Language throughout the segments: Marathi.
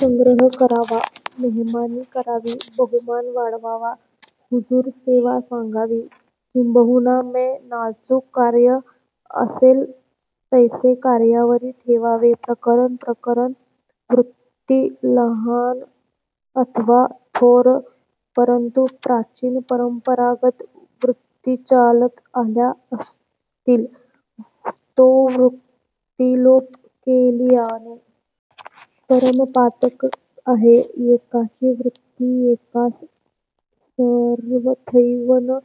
संग्रह करावा मेहमानी करावी बहुमान वाढवावा हुजूर सेवा सांगावी किंबहुना में नाजूक कार्य आसेल तैसे कार्यावरी ठेवावे प्रकरण प्रकरण वृत्ति लाहन अथवा थोर परंतु प्राचीन परंपरागत वृत्ति चालत आल्या असतील तो वृत्तिलोप केलियाने परम पातक आहे येकाची वृत्ति येकास सर्वथैव न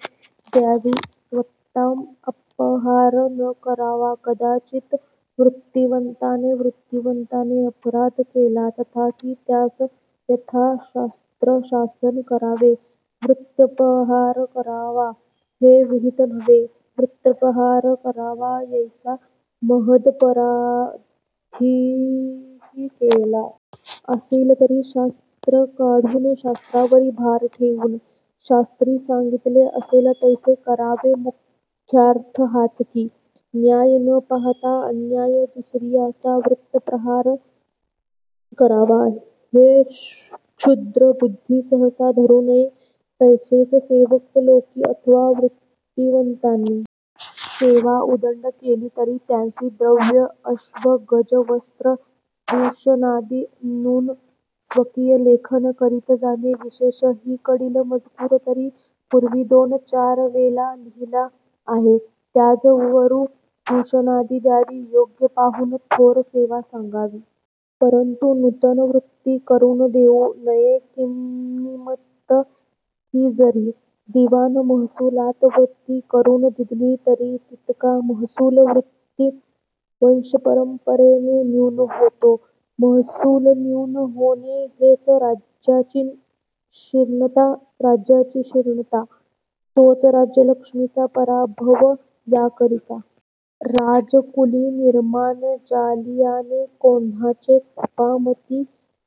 द्यावी स्वतां अपहार न करावा कदाचित् वृत्तिवंताने वृत्तिवंताने अपराध केला तथापि त्यास यथाशास्त्र शासन करावें वृत्यपहार करावा हें विहित नव्हे वृत्यापहार करावा यैसा महदपराधहि केला असिला तरी शास्त्र काढून शास्त्रावरी भार ठेऊन शास्त्रीं सांगितलें असेल तैसें करावें मुख्यार्थ हाच कीं न्याय न पाहतां अन्याय दुसरीयाचा वृत्यपहार करावा हे क्षुद्र बुद्धि सहसा धरूं नये तैसेंच सेवक लोकीं अथवा वृत्तिवंतांनी सेवा उदंड केली तरी त्यांसी द्रव्य अश्व गज वस्त्र भूषणादि णून स्वकीय लेखन करीत जाणे विशेष हिकडील मजकूर तरी पूर्वी दोन च्यार वेला लिहिला आहे त्याजवरू भूषणादि द्यावी योग्य पाहून थोर सेवा सांगावी परंतु नूतन वृत्ति करून देऊं नये किंनीमित्त की जरी दिवाण महसुलात वृत्ति करुन दिधली तरी तितका महसूल वृत्ति वंशपरंपरेनें न्यून होतो महसूल न्यून होणे हेच राज्याची शीर्णता राज्याची शीर्णता तोच राज्यलक्ष्मीचा पराभव याकरितां राजकुलीं निर्माण जालियाने कोण्हाचे खुषामती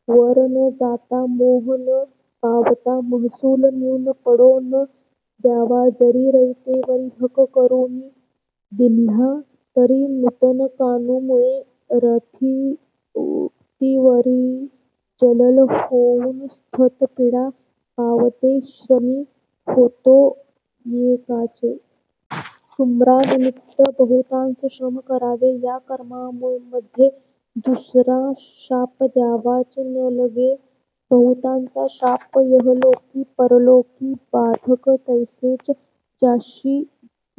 वर न जातां मोह न पावतां महसूल न्यून पडों न द्यावा जरी रयतेवरी हक करून दिल्हा तरी नूतन कानूमुळें रथतीवरी जलल होऊन स्थत पीडा पावते श्रमी होते येकाचे सुम्रानिमित्त बहुतांस श्रम करावे या कर्मामध्यें दूसरा शाप द्यावाच नलगे बहुतांचा शाप यहलोकी परलोकीं बाधक तैसेच ज्यासी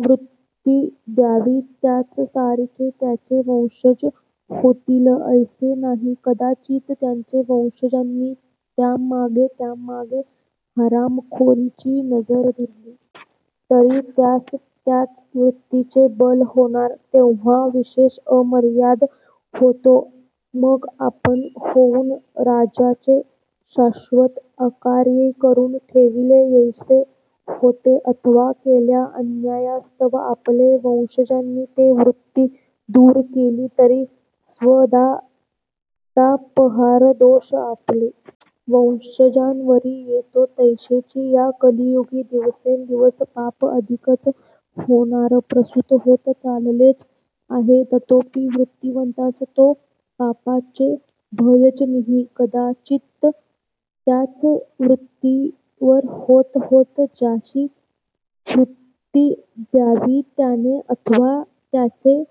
वृत्ति द्यावी त्याचसारिखे त्याचे वंशज होतील ऐसें नाही कदाचित् त्याचे वंशजांनी त्यांमागें त्यांमागें हरामखोरीची नजर धरली तरी त्यास त्याच वृत्तीचें बल होणार तेव्हां विशेष अमर्याद होतो मग आपण होऊन राज्याचे शाश्वत अकार्ये करून ठेविलें यैसें होते अथवा केल्या अन्यायास्तव आपले वंशजांनी ते वृत्ति दूर केली तरी स्वदतापहार दोष आपले वंशजांवरी येतो तैसेंच या कलयुगीं दिवसेंदिवस पाप अधिकच होणार प्रस्तुत होत चाललेंच आहे ततोपी वृत्तिवंतास तों पापाचें भयच नींही कदाचित् त्याच वृत्तीवर होत होत ज्यासी वृत्ति द्यावी त्याणे अथवा त्याचे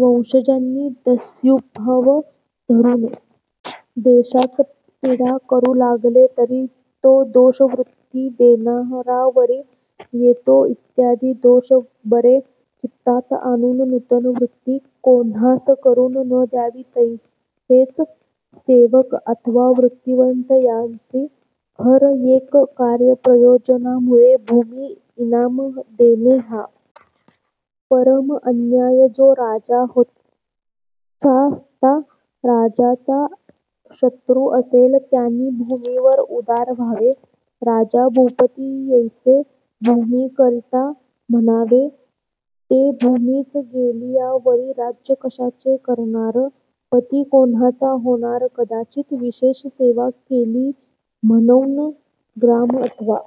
वंशजांनी दस्युभाव धरून देशास पीडा करूं लागले तरी तो दोष वृत्ति देणारावरी येतो इत्यादि दोष बरे चित्तात आणून नूतन वृत्ति कोण्हास करून न द्यावी तैसेच सेवक आथवा वृत्तिवंत यांसी हर येक कार्यप्रयोजनामुळे भूमि इनाम देणें हा परम अन्याय जो राजा होत्साता राज्याचा शत्रु असेल त्याणी भूमीवर उदार व्हावे राजा भूपति यैसें भूमीकरितां म्हणावें ते भूमीच गेलियावरी राज्य कशाचे करणार पति कोण्हाचा होणार कदाचित् विशेष सेवा केली म्हणौन ग्राम अथवा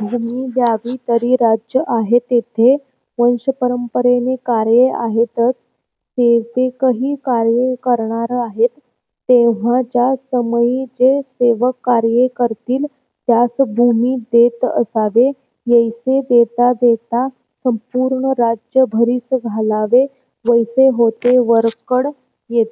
भूमी द्यावी तरी राज्य आहे तेथे वंशपरंपरेने कार्यें आहेतच सेवकही कार्ये करणार आहेत तेव्हा ज्या समई जे सेवक कार्ये करितील त्यास भूमि देत असावे यैसे देता देता संपूर्ण राज्य भरीस घालावे वैसे होते वरकड येत